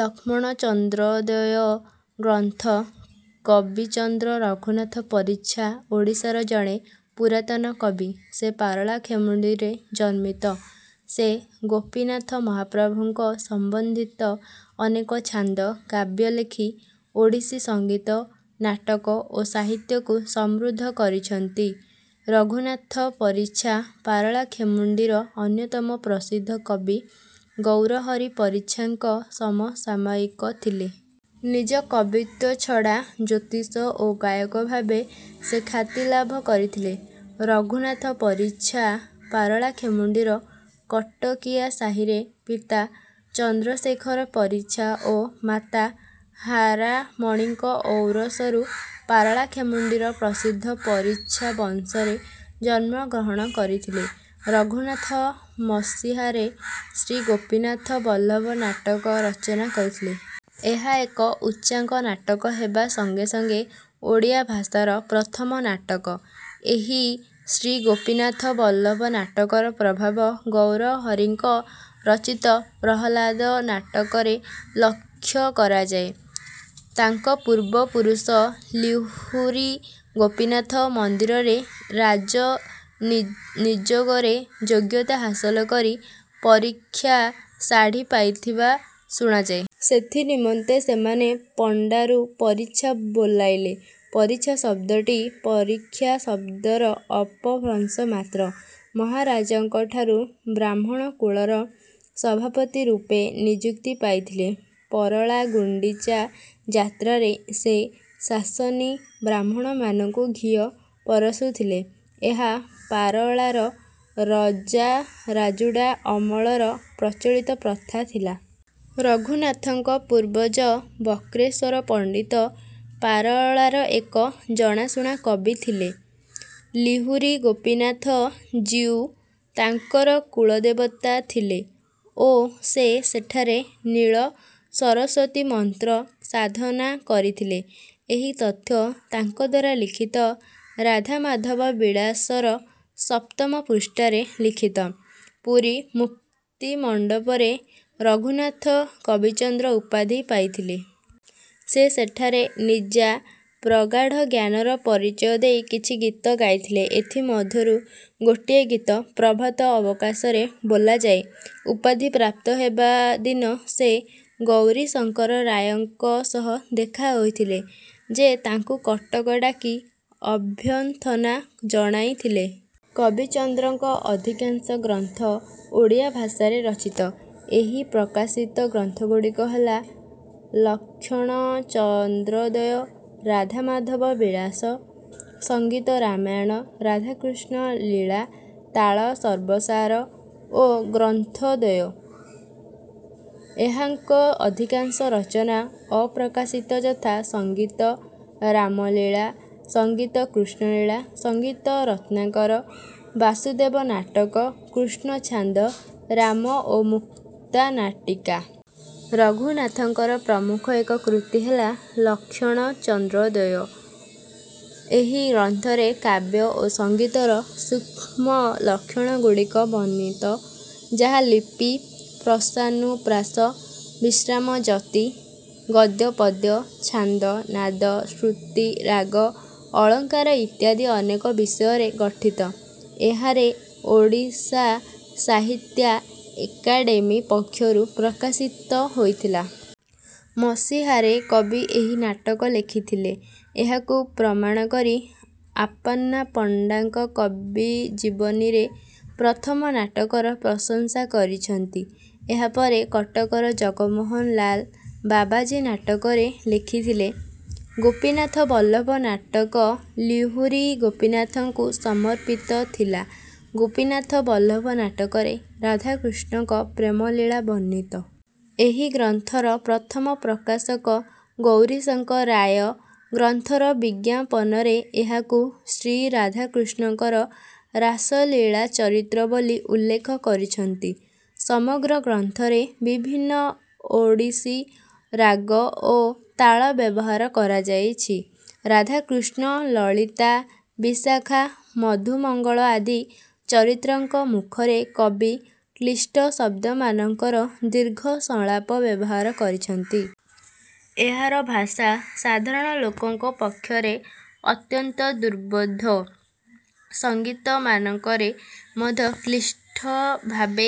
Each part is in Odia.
ଲକ୍ଷଣ ଚନ୍ଦ୍ରୋଦୟ ଗ୍ରନ୍ଥ କବିଚନ୍ଦ୍ର ରଘୁନାଥ ପରିଚ୍ଛା ଓଡ଼ିଶାର ଜଣେ ପୁରାତନ କବି। ସେ ପାରଳାଖେମୁଣ୍ଡିରେ ଜନ୍ମିତ। ସେ ଗୋପୀନାଥ ମହାପ୍ରଭୁଙ୍କ ସମ୍ବନ୍ଧିତ ଅନେକ ଛାନ୍ଦ, କାବ୍ୟ ଲେଖି ଓଡ଼ିଶୀ ସଙ୍ଗୀତ, ନାଟକ ଓ ସାହିତ୍ୟ କୁ ସମୃଦ୍ଧ କରିଛନ୍ତି। ରଘୁନାଥ ପରିଚ୍ଛା ପାରଳାଖେମୁଣ୍ଡିର ଅନ୍ୟତମ ପ୍ରସିଦ୍ଧ କବି ଗୌରହରି ପରିଚ୍ଛା ଙ୍କ ସମସାମୟିକ ଥିଲେ। ନିଜ କବିତ୍ୱ ଛଡ଼ା ଜ୍ୟୋତିଷ ଓ ଗାୟକ ଭାବେ ସେ ଖ୍ୟାତି ଲାଭ କରିଥିଲେ। ରଘୁନାଥ ପରିଚ୍ଛା ପାରଳାଖେମୁଣ୍ଡିର କଟକିଆ ସାହିରେ ପିତା ଚନ୍ଦ୍ରଶେଖର ପରିଚ୍ଛା ଓ ମାତା ହାରାମଣୀଙ୍କ ଔରସରୁ ପାରଳାଖେମୁଣ୍ଡିର ପ୍ରସିଦ୍ଧ 'ପରିଚ୍ଛା' ବଂଶରେ ଜନ୍ମଗ୍ରହଣ କରିଥିଲେ। ରଘୁନାଥ ମସିହାରେ ଶ୍ରୀ ଗୋପୀନାଥ ବଲ୍ଲଭ ନାଟକ ରଚନା କରିଥିଲେ। ଏହା ଏକ ଉଚ୍ଚାଙ୍ଗ ନାଟକ ହେବା ସଙ୍ଗେ ସଙ୍ଗେ ଓଡ଼ିଆ ଭାଷାର ପ୍ରଥମ ନାଟକ। ଏହି ଶ୍ରୀ ଗୋପୀନାଥ ବଲ୍ଲଭ ନାଟକର ପ୍ରଭାବ ଗୌରହରିଙ୍କ ରଚିତ ପ୍ରହ୍ଲାଦ ନାଟକରେ ଲକ୍ଷ୍ୟ କରାଯାଏ। ତାଙ୍କ ପୂର୍ବ ପୁରୁଷ ଲିହୁରି ଗୋପୀନାଥ ମନ୍ଦିରରେ ରାଜ ନିଯୋଗରେ ଯୋଗ୍ୟତା ହାସଲ କରି ପରିକ୍ଷା ଶାଢି ପାଇଥିବା ଶୁଣାଯାଏ। ସେଥି ନିମନ୍ତେ ସେମାନେ ପଣ୍ଡାରୁ ପରିଚ୍ଛା ବୋଲାଇଲେ। ପରିଚ୍ଛା ଶବ୍ଦଟି ପରୀକ୍ଷା ଶବ୍ଦର ଅପଭ୍ରଂଶ ମାତ୍ର। ମହାରାଜଙ୍କଠାରୁ ବ୍ରାହ୍ମଣ କୁଳର ସଭାପତି ରୂପେ ନିଯୁକ୍ତି ପାଇଥିଲେ। ପରଳା ଗୁଣ୍ଡିଚା ଯାତ୍ରାରେ ସେ ଶାସନୀ ବ୍ରାହ୍ମଣମାନଙ୍କୁ ଘିଅ ପରଷୁଥିଲେ। ଏହା ପାରଳାର ରଜାରାଜୁଡ଼ା ଅମଳର ପ୍ରଚଳିତ ପ୍ରଥା ଥିଲା। ରଘୁନାଥଙ୍କ ପୂର୍ବଜ ବକ୍ରେଶ୍ୱର ପଣ୍ଡିତ ପାରଳାର ଏକ ଜଣାଶୁଣା କବି ଥିଲେ। ଲିହୁରି ଗୋପୀନାଥ ଜୀଉ ତାଙ୍କର କୁଳଦେବତା ଥିଲେ ଓ ସେ ସେଠାରେ ନୀଳସରସ୍ୱତୀ ମନ୍ତ୍ର ସାଧନା କରିଥିଲେ। ଏହି ତଥ୍ୟ ତାଙ୍କଦ୍ୱାରା ଲିଖିତ 'ରାଧାମାଧାବ ବିଳାସ'ର ସପ୍ତମ ପୃଷ୍ଠାରେ ଲିଖିତ। ପୁରୀ ମୁକ୍ତିମଣ୍ଡପରେ ରଘୁନାଥ କବିଚନ୍ଦ୍ର ଉପାଧି ପାଇଥିଲେ। ସେ ସେଠାରେ ନିଜା ପ୍ରଗାଢ଼ ଜ୍ଞାନର ପରିଚୟ ଦେଇ କିଛି ଗୀତ ଗାଇଥିଲେ। ଏଥି ମଧ୍ୟରୁ ଗୋଟିଏ ଗୀତ ପ୍ରଭାତ ଅବକାଶରେ ବୋଲାଯାଏ। ଉପାଧି ପ୍ରାପ୍ତ ହେବା ଦିନ ସେ ଗୌରୀଶଙ୍କର ରାୟଙ୍କ ସହ ଦେଖା ହୋଇଥିଲେ, ଯେ ତାଙ୍କୁ କଟକ ଡାକି ଅଭ୍ୟର୍ଥନା ଜଣାଇଥିଲେ। କବିଚନ୍ଦ୍ରଙ୍କ ଅଧିକାଂଶ ଗ୍ରନ୍ଥ ଓଡ଼ିଆ ଭାଷାରେ ରଚିତ। ଏହି ପ୍ରକାଶିତ ଗ୍ରନ୍ଥଗୁଡ଼ିକ ହେଲା- ଲକ୍ଷଣଚନ୍ଦ୍ରୋଦୟ, ରାଧାମାଧବ ବିଳାସ, ସଙ୍ଗୀତ ରାମାୟଣ, ରାଧାକୃଷ୍ଣ ଲୀଳା, ତାଳ ସର୍ବସାର ଓ ଗ୍ରନ୍ଥୋଦୟ। ଏହାଙ୍କ ଅଧିକାଂଶ ରଚନା ଅପ୍ରକାଶିତ ଯଥା: ସଙ୍ଗୀତ ରାମଲୀଳା, ସଙ୍ଗୀତ କୃଷ୍ଣଲୀଳା, ସଙ୍ଗୀତ ରତ୍ନାକର, ବାସୁଦେବ ନାଟକ, କୃଷ୍ଣ ଛାନ୍ଦ, ରାମ ଓ ମୁକ୍ତା ନାଟିକା। ରଘୁନାଥଙ୍କର ପ୍ରମୁଖ ଏକ କୃତି ହେଲା ଲକ୍ଷଣ ଚନ୍ଦ୍ରୋଦୟ ଗ୍ରନ୍ଥ। ଏହି ଗ୍ରନ୍ଥରେ କାବ୍ୟ ଓ ସଙ୍ଗୀତର ସୂକ୍ଷ୍ମ ଲକ୍ଷଣଗୁଡ଼ିକ ବର୍ଣ୍ଣିତ। ଯାହା ଲିପି, ପ୍ରାସାନୁପ୍ରାସ, ବିଶ୍ରାମ ଯତି, ଗଦ୍ୟପଦ୍ୟ, ଛାନ୍ଦ, ନାଦ, ଶ୍ରୁତି, ରାଗ, ଅଳଙ୍କାର ଇତ୍ୟାଦି ଅନେକ ବିଷୟରେ ଗଠିତ। ଏହା ରେ ଓଡ଼ିଶା ସାହିତ୍ୟା ଏକାଡେମୀ ପକ୍ଷରୁ ପ୍ରକାଶିତ ହୋଇଥିଲା। ମସିହାରେ କବି ଏହି ନାଟକ ଲେଖିଥିଲେ। ଏହାକୁ ପ୍ରମାଣ କରି ଆପନ୍ନା ପଣ୍ଡାଙ୍କ 'କବି ଜୀବନି'ରେ ପ୍ରଥମ ନାଟକର ପ୍ରଶଂସା କରିଛନ୍ତି। ଏହା ପରେ କଟକର ଜଗମୋହନ ଲାଲ ବାବାଜୀ ନାଟକ ରେ ଲେଖିଥିଲେ। ଗୋପୀନାଥ ବଲ୍ଲଭ ନାଟକ ଲିହୁରି ଗୋପୀନାଥଙ୍କୁ ସମର୍ପିତ ଥିଲା। ଗୋପୀନାଥ ବଲ୍ଲଭ ନାଟକରେ ରାଧାକୃଷ୍ଣଙ୍କ ପ୍ରେମଲୀଳା ବର୍ଣ୍ଣିତ। ଏହି ଗ୍ରନ୍ଥର ପ୍ରଥମ ପ୍ରକାଶକ ଗୌରୀଶଙ୍କର ରାୟ ଗ୍ରନ୍ଥର ବିଜ୍ଞାପନରେ ଏହାକୁ 'ଶ୍ରୀରାଧାକୃଷ୍ଣଙ୍କର ରାସଲୀଳା ଚରିତ୍ର' ବୋଲି ଉଲ୍ଲେଖ କରିଛନ୍ତି। ସମଗ୍ର ଗ୍ରନ୍ଥରେ ବିଭିନ୍ନ ଓଡ଼ିଶୀ ରାଗ ଓ ତାଳ ବ୍ୟବହାର କରାଯାଇଛି। ରାଧା, କୃଷ୍ଣ, ଲଳିତା, ବିଶାଖା, ମଧୁମଙ୍ଗଳ ଆଦି ଚରିତ୍ରଙ୍କ ମୁଖରେ କବି କ୍ଳିଷ୍ଟ ଶବ୍ଦମାନଙ୍କର ଦୀର୍ଘ ସଂଳାପ ବ୍ୟବହାର କରିଛନ୍ତି। ଏହାର ଭାଷା ସାଧାରଣ ଲୋକଙ୍କ ପକ୍ଷରେ ଅତ୍ୟନ୍ତ ଦୁର୍ବୋଧ୍ୟ। ସଙ୍ଗୀତମାନଙ୍କରେ ମଧ୍ୟ କ୍ଳିଷ୍ଟ ଭାବେ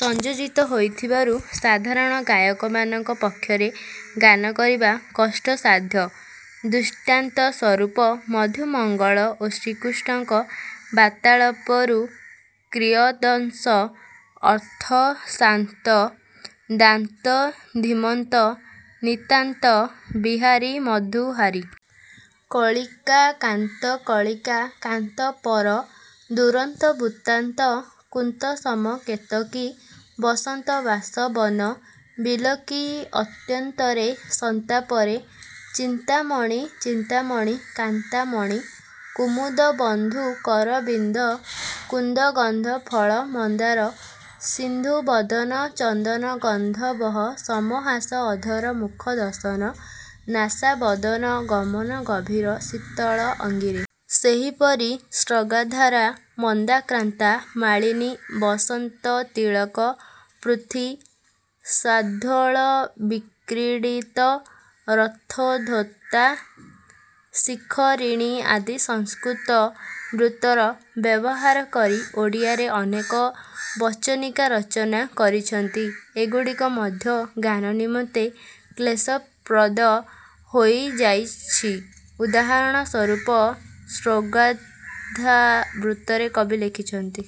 ସଂଯୋଜିତ ହୋଇଥିବାରୁ ସାଧାରଣ ଗାୟକମାନଙ୍କ ପକ୍ଷରେ ଗାନ କରିବା କଷ୍ଟସାଧ୍ୟ। ଦୃଷ୍ଟାନ୍ତ ସ୍ୱରୂପ ମଧୁମଙ୍ଗଳ ଓ ଶ୍ରୀକୃଷ୍ଣଙ୍କ ବାର୍ତ୍ତାଳାପରୁ କିୟଦଂଶ: ଅଥ ଶାନ୍ତ ଦାନ୍ତ ଧୀମନ୍ତ ନିତାନ୍ତ ବିହାରି ମଧୁହାରି। କଳିକା କାନ୍ତ କଳିକା କାନ୍ତ ପର ଦୁରନ୍ତ ବୃତ୍ତାନ୍ତ କୁନ୍ତସମ କେତକୀ ବସନ୍ତ ବାସ ବନ ବିଲୋକି ଅତ୍ୟନ୍ତରେ ସନ୍ତାପରେ। ଚିନ୍ତାମଣି ଚିନ୍ତାମଣି କାନ୍ତାମଣି। କୁମୁଦ ବନ୍ଧୁ କରବିନ୍ଦ କୁନ୍ଦଗନ୍ଧ ଫଳ ମନ୍ଦାର ସିନ୍ଧୁ ବଦନ ଚନ୍ଦନ ଗନ୍ଧବହ ସମ ହାସ ଅଧର ମୁଖ ଦଶନ ନାସାବଦନ ଗମନ ଗଭୀର ଶୀତଳ ଅଙ୍ଗିରେ। ସେହିପରି ସ୍ରଗ୍ଧାରା, ମନ୍ଦାକ୍ରାନ୍ତା, ମାଳିନୀ, ବସନ୍ତତିଳକ, ପୃଥ୍ୱୀ, ଶାର୍ଦ୍ଦୂଳବିକ୍ରୀଡ଼ିତ, ରଥୋଦ୍ଧତା, ଶିଖରିଣୀ ଆଦି ସଂସ୍କୃତ ବୃତ୍ତର ବ୍ୟବହାର କରି ଓଡ଼ିଆରେ ଅନେକ ବଚନିକା ରଚନା କରିଛନ୍ତି। ଏଗୁଡ଼ିକ ମଧ୍ୟ ଗାନ ନିମନ୍ତେ କ୍ଳେଶପ୍ରଦ ହୋଇଯାଇଛି। ଉଦାହରଣ ସ୍ୱରୂପ ସ୍ରଗ୍ଧାରା ବୃତ୍ତରେ କବି ଲେଖିଛନ୍ତି:।